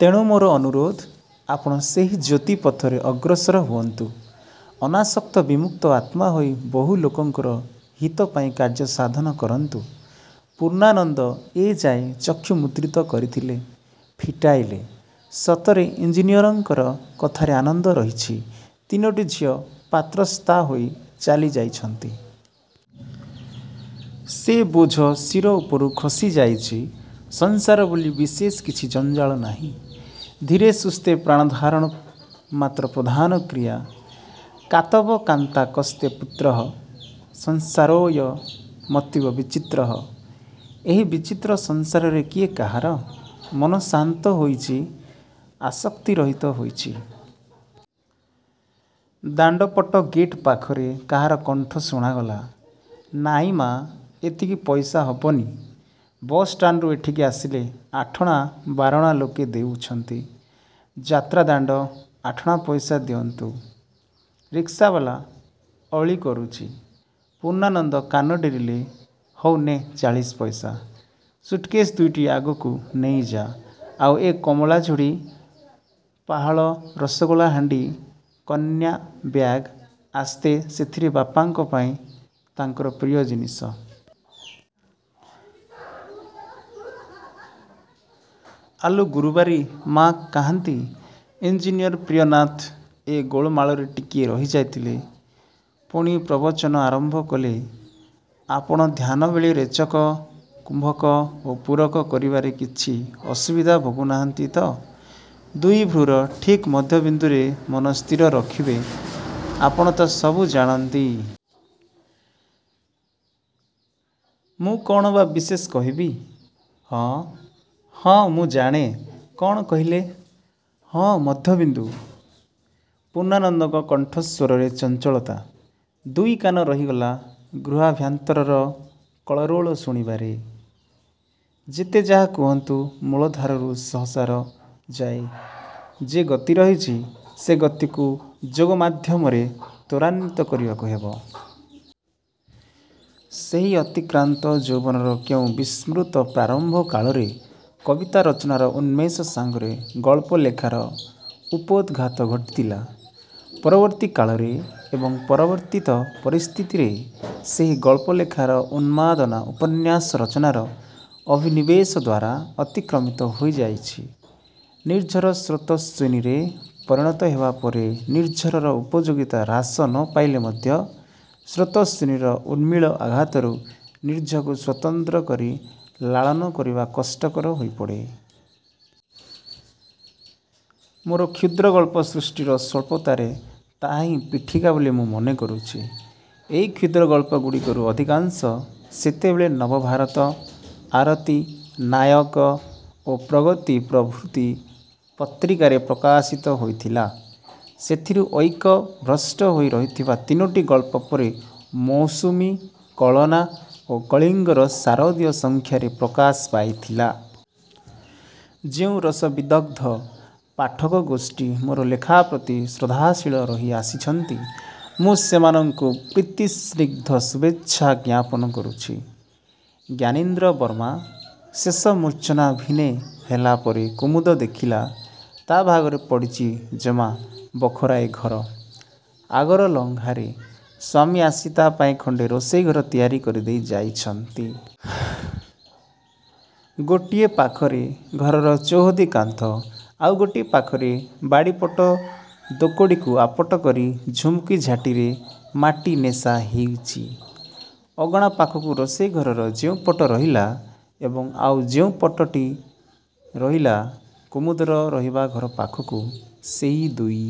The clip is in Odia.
ତେଣୁ ମୋର ଅନୁରୋଧ, ଆପଣ ସେହି ଜ୍ୟୋତି ପଥରେ ଅଗ୍ରସର ହୁଅନ୍ତୁ... ଅନାସକ୍ତ ବିମୁକ୍ତ-ଆତ୍ମା ହୋଇ ବହୁ ଲୋକଙ୍କର ହିତ ପାଇଁ କାର୍ଯ୍ୟ ସାଧନ କରନ୍ତୁ"। ପୂର୍ଣ୍ଣାନନ୍ଦ ଏଯାଏ ଚକ୍ଷୁ ମୁଦ୍ରିତ କରିଥିଲେ, ଫିଟାଇଲେ। ସତରେ ଇଞ୍ଜିନିୟରଙ୍କର କଥାରେ ଆନନ୍ଦ ରହିଛି। ତିନୋଟି ଝିଅ ପାତ୍ରସ୍ଥାହୋଇ ଚାଲିଯାଇଛନ୍ତି। ସେ ବୋଝ ଶିର ଉପରୁ ଖସିଯାଇଛି। ସଂସାର ବୋଲି ବିଶେଷ କିଛି ଜଞ୍ଜାଳ ନାହିଁ। ଧୀରେ ସୁସ୍ଥେ ପ୍ରାଣଧାରଣ ମାତ୍ର ପ୍ରଧାନ କ୍ରିୟା। "କାତବ କାନ୍ତା କସ୍ତେ ପୁତ୍ରଃ, ସଂସାରୋଽୟ ମତୀବ ବିଚିତ୍ରଃ"। ଏହି ବିଚିତ୍ର ସଂସାରରେ କିଏ କାହାର? ମନ ଶାନ୍ତ ହୋଇଛି, ଆସକ୍ତିରହିତ ହୋଇଛି। ଦାଣ୍ଡପଟ ଗେଟ୍ ପାଖରେ କାହାର କଣ୍ଠ ଶୁଣାଗଲା-"ନାଇଁ ମା, ଏତିକି ପଇସା ହବନି, ବସ୍ ଷ୍ଟାଣ୍ଡରୁ ଏଠିକି ଆସିଲେ ଆଠଣା ବାରଣା ଲୋକେ ଦେଉଛନ୍ତି, ଯାତ୍ରାଦାଣ୍ଡ, ଆଠଣା ପଇସା ଦିଅନ୍ତୁ। " ରିକ୍ସାବାଲା ଅଳି କରୁଛି। ପୂର୍ଣ୍ଣାନନ୍ଦ କାନ ଡେରିଲେ-"ହଉ ନେ ଚାଳିଶପଇସା, ସୁଟ୍କେଶ ଦୁଇଟି ଅଗଣାକୁ ନେଇଆ, ଆଉ ଏ କମଳାଝୁଡ଼ି, ପାହାଳ ରସଗୋଲାହାଣ୍ଡି, କନାବ୍ୟାଗ, ଆସ୍ତେ, ସେଥିରେ ବାପାଙ୍କ ପାଇଁ ତାଙ୍କର ପ୍ରିୟ ଜିନିଷ। ଆଲୋ ଗୁରୁବାରୀ, ମାଆ କାହାନ୍ତି"? ଇଞ୍ଜିନିୟର ପ୍ରିୟନାଥ ଏ ଗୋଳମାଳରେ ଟିକିଏ ରହିଯାଇଥିଲେ; ପୁଣି ପ୍ରବଚନ ଆରମ୍ଭ କଲେ-"ଆପଣ ଧ୍ୟାନବେଳେ ରେଚକ, କୁମ୍ଭକ ଓ ପୂରକ କରିବାରେ କିଛି ଅସୁବିଧା ଭୋଗୁନାହାନ୍ତି ତ? ଦୁଇ ଭ୍ରୂର ଠିକ୍ ମଧ୍ୟବିନ୍ଦୁରେ ମନ ସ୍ଥିର ରଖିବେ; ଆପଣ ତ ସବୁ ଜାଣନ୍ତି। ମୁଁ କଅଣ ବା ବିଶେଷ କହିବି... " "ହଁ, ହଁ, ମୁଁ ଜାଣେ, କ'ଣ କହିଲେ? ହଁ, ମଧ୍ୟବିନ୍ଦୁ"... ପୂର୍ଣ୍ଣାନନ୍ଦଙ୍କ କଣ୍ଠସ୍ଵରରେ ଚଞ୍ଚଳତା-। ଦୁଇକାନ ରହିଗଲା ଗୃହାଭ୍ୟନ୍ତରର କଳରୋଳ ଶୁଣିବାରେ... "ଯେତେ ଯାହା କୁହନ୍ତୁ ମୂଳାଧାରରୁ ସହସାର ଯାଏ ଯେ ଗତି ରହିଛି, ସେ ଗତିକୁ ଯୋଗମାଧ୍ୟମରେ ତ୍ଵରାନ୍ୱିତ କରିବାକୁ ହେବ। ସେହି ଅତିକ୍ରାନ୍ତ ଯୌବନର କେଉଁ ବିସ୍ମୃତ ପ୍ରାରମ୍ଭ କାଳରେ କବିତା ରଚନାର ଉନ୍ମେଷ ସାଙ୍ଗରେ ଗଳ୍ପ ଲେଖାର ଉପୋଦ୍ଘାତ ଘଟିଥିଲା। ପରବର୍ତ୍ତୀ କାଳରେ ଏବଂ ପରିବର୍ତ୍ତିତ ପରିସ୍ଥିତିରେ ସେହି ଗଳ୍ପଲେଖାର ଉନ୍ମାଦନା ଉପନ୍ୟାସ ରଚନାର ଅଭିନିବେଶଦ୍ଵାରା ଅତିକ୍ରମିତ ହୋଇଯାଇଛି। ନିର୍ଝର ସ୍ରୋତସ୍ୱିନୀରେ ପରିଣତ ହେବା ପରେ ନିର୍ଝରର ଉପଯୋଗିତା ହ୍ରାସ ନ ପାଇଲେ ମଧ୍ୟ ସ୍ରୋତସ୍ୱିନୀର ଉର୍ମିଳ ଆଘାତରୁ ନିର୍ଝରକୁ ସ୍ଵତନ୍ତ୍ର କରି ଲାଳନ କରିବା କଷ୍ଟକର ହୋଇପଡ଼େ। ମୋର କ୍ଷୁଦ୍ରଗଳ୍ପ ସୃଷ୍ଟିର ସ୍ୱଳ୍ପତାରେ ତାହା ହିଁ ପୀଠିକା ବୋଲି ମୁଁ ମନେ କରୁଛି। ଏହି କ୍ଷୁଦ୍ରଗଳ୍ପଗୁଡ଼ିକରୁ ଅଧିକାଂଶ ସେତେବେଳେ ନବଭାରତ, ଆରତି, ନାୟକ ଓ ପ୍ରଗତି ପ୍ରଭୃତି ପତ୍ରିକାରେ ପ୍ରକାଶିତ ହୋଇଥିଲା। ସେଥିରୁ ଐକ୍ୟ ଭ୍ରଷ୍ଟ ହୋଇ ରହିଥିବା ତିନୋଟି ଗଳ୍ପ ପରେ ମୌସୁମୀ, କଳନା ଓ କଳିଙ୍ଗର ଶାରଦୀୟ ସଂଖ୍ୟାରେ ପ୍ରକାଶ ପାଇଥିଲା। ଯେଉଁ ରସବିଦଗ୍ଧ ପାଠକଗୋଷ୍ଠୀ ମୋର ଲେଖା ପ୍ରତି ଶ୍ରଦ୍ଧାଶୀଳ ରହି ଆସିଛନ୍ତି, ମୁଁ ସେମାନଙ୍କୁ ପ୍ରୀତିସ୍ନିଗ୍ଧ ଶୁଭେଚ୍ଛା ଜ୍ଞାପନ କରୁଛି। ଞ୍ଜାନୀନ୍ଦ୍ର ବର୍ମା। ଶେଷ ମୂର୍ଚ୍ଛନା ଭିନେ ହେଲା ପରେ କୁମୁଦ ଦେଖିଲା, ତା ଭାଗରେ ପଡ଼ିଚି ଜମା ବଖରାଏ ଘର। ଆଗର ଲଙ୍ଘାରେ ସ୍ୱାମୀ ଆସି ତା ପାଇଁ ଖଣ୍ଡେ ରୋଷେଇଘର ତିଆରି କରିଦେଇ ଯାଇଛନ୍ତି। ଗୋଟିଏ ପାଖରେ ଘରର ଚୌହଦି କାନ୍ଥ, ଆଉ ଗୋଟିଏ ପାଖରେ ବାଡ଼ିପଟ ଦୋକଡ଼ିକୁ ଆପଟ କରି ଝୁମୁକି ଝାଟିରେ ମାଟି ନେଶା ହେଇଚି। ଅଗଣା ପାଖକୁ ରୋଷେଇଘରର ଯେଉଁପଟ ରହିଲା ଏବଂ ଆଉ ଯେଉଁ ପଟଟି ରହିଲା କୁମୁଦର ରହିବାଘର ପାଖକୁ, ସେହି ଦୁଇ